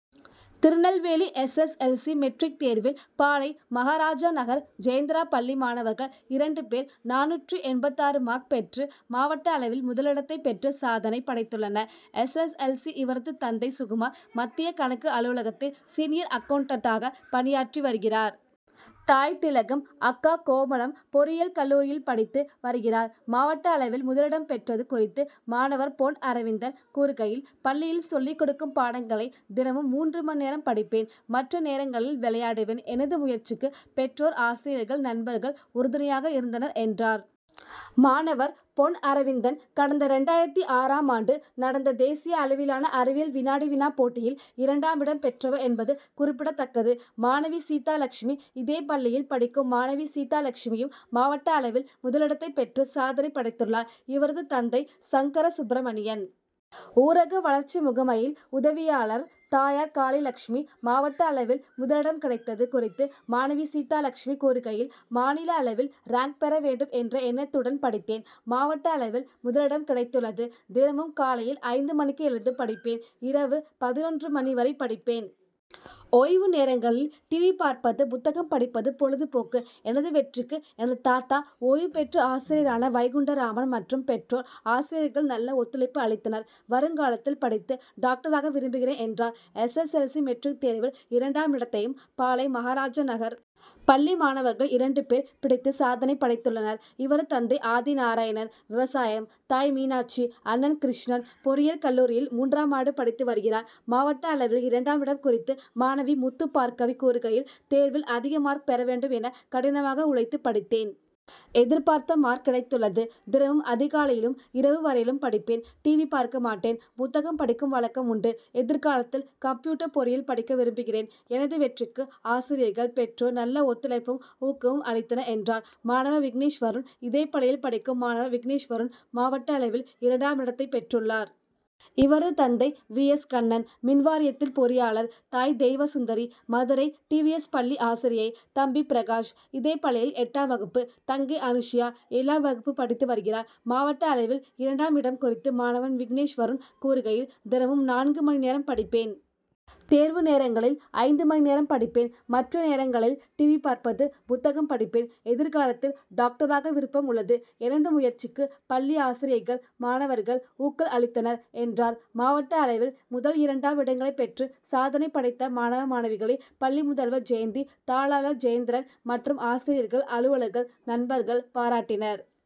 Tirunelveli S. S. L. C. Matric தேர்வில் பாளை., மகாராஜநகர் ஜெயேந்திரா பள்ளி மாணவர்கள் இரண்டு பேர் நானூற்று எண்பத்தாறு மார்க் பெற்று மாவட்ட அளவில் முதலிடத்தை பெற்று சாதனை படைத்துள்ளனர். எஸ். எஸ். எல். சி. இவரது தந்தை சுகுமார். மத்திய கணக்கு அலுவலகத்தில் சீனியர் அக்கவுண்டன்டாக பணியாற்றிவருகிறார். தாய் திலகம். அக்கா கோமளம். பொறியியல் கல்லூரியில் படித்து வருகிறார். மாவட்ட அளவில் முதலிடம் பெற்றது குறித்து மாணவர் பொன் அரவிந்தன் கூறுகையில், பள்ளியில் சொல்லிக் கொடுக்கும் பாடங்களை தினமும் மூன்று மணி நேரம் படிப்பேன். மற்ற நேரங்களில் விளையாடுவேன். எனது முயற்சிக்கு பெற்றோர், ஆசிரியர்கள், நண்பர்கள் உறுதுணையாக இருந்தனர் என்றார். மாணவர் பொன் அரவிந்தன் கடந்த இரண்டாயிரத்து ஆறாம் ஆண்டு நடந்த தேசிய அளவிலான அறிவியல் வினாடி-வினா போட்டியில் இரண்டாமிடம் பெற்றவர் என்பது குறிப்பிடதக்கது. மாணவி சீதாலெட்சுமி இதே பள்ளியில் படிக்கும் மாணவி சீதா லெட்சுமியும் மாவட்ட அளவில் முதலிடத்தை பெற்று சாதனை படைத்துள்ளார். இவரது தந்தை சங்கரசுப்பிரமணியன். ஊரக வளர்ச்சி முகமையில் உதவியாளர். தாயார் காளிலெட்சுமி. மாவட்ட அளவில் முதலிடம் கிடைத்தது குறித்து மாணவி சீதா லெட்சுமி கூறுகையில், மாநில அளவில் ரேங்க் பெறவேண்டும் என்ற எண்ணத்துடன் படித்தேன். மாவட்ட அளவில் முதலிடம் கிடைத்துள்ளது. தினமும் காலையில் ஐந்து மணிக்கு எழுந்து படிப்பேன். இரவு பதினொன்று மணி வரை படிப்பேன். ஓய்வு நேரங்கில் டிவி பார்ப்பது, புத்தகம் படிப்பது பொழுதுபோக்கு. எனது வெற்றிக்கு எனது தாத்தா ஓய்வு பெற்ற ஆசிரியரான வைகுண்டராமன் மற்றும் பெற்றோர், ஆசிரியர்கள் நல்ல ஒத்துழைப்பு அளித்தனர். வருங்காலத்தில் படித்து டாக்டராக விரும்புகிறேன் என்றார். S. S. L. C. Matric தேர்வில் இரண்டாமிடத்தையும் பாளை.,மகாராஜநகர் பள்ளி மாணவர்கள் இரண்டு பேர் பிடித்து சாதனை படைத்துள்ளனர். இவரது தந்தை ஆதிநாராயணன். விவசாயம். தாய் மீனாட்சி. அண்ணன் கிருஷ்ணன் பொறியியல் கல்லூரியில் மூன்றாம் ஆண்டு படித்து வருகிறார். மாவட்ட அளவில் இரண்டாமிடம் குறித்து மாணவி முத்துபார்க்கவி கூறுகையில், தேர்வில் அதிக மார்க் பெறவேண்டும் என கடினமாக உழைத்து படித்தேன். எதிர்பார்த்த மார்க் கிடைத்துள்ளது. தினமும் அதிகாலையிலும், இரவு வரையிலும் படிப்பேன். டிவி பார்க்கமாட்டேன். புத்தகம் படிக்கும் வழக்கம் உண்டு. எதிர்காலத்தில் கம்ப்யூட்டர் பொறியில் படிக்க விரும்புகிறேன். எனது வெற்றிக்கு ஆசிரியர்கள், பெற்றோர் நல்ல ஒத்துழைப்பும், ஊக்கமும் அளித்தனர் என்றார்'. மாணவர் விக்னேஷ் வருண் இதே பள்ளியில் படிக்கும் மாணவர் விக்னேஷ் வருண் மாவட்ட அளவில் இரண்டாமிடத்தை பெற்றுள்ளார். இவரது தந்தை வி. எஸ். கண்ணன். மின்வாரியத்தில் பொறியாளர். தாய் Deivasundari. Madurai T. V. S. பள்ளி ஆசிரியை. தம்பி பிரகாஷ். இதே பள்ளியில் எட்டாம் வகுப்பு. தங்கை அனுசுயா. ஏழாம் வகுப்பு படித்து வருகிறார். மாவட்ட அளவில் இரண்டாம் இடம் குறித்து மாணவன் விக்னேஷ் வருண் கூறுகையில், தினமும் நான்கு மணி நேரம் படிப்பேன். தேர்வு நேரங்களில் ஐந்து மணி நேரம் படிப்பேன். மற்ற நேரங்களில் டிவி பார்ப்பது, புத்தகம் படிப்பேன். எதிர்காலத்தில் டாக்டராக விருப்பம் உள்ளது. எனது முயற்சிக்கு பள்ளி ஆசிரியைகள், மாணவர்கள் ஊக்கள் அளித்தனர் என்றார். மாவட்ட அளவில் முதல், இரண்டாம் இடங்களை பெற்று சாதனை படைத்த மாணவ, மாணவிகளை பள்ளி முதல்வர் ஜெயந்தி, தாளாளர் ஜெயந்திரன் மற்றும் ஆசிரியர்கள், அலுவலர்கள், நண்பர்கள் பாராட்டினர்.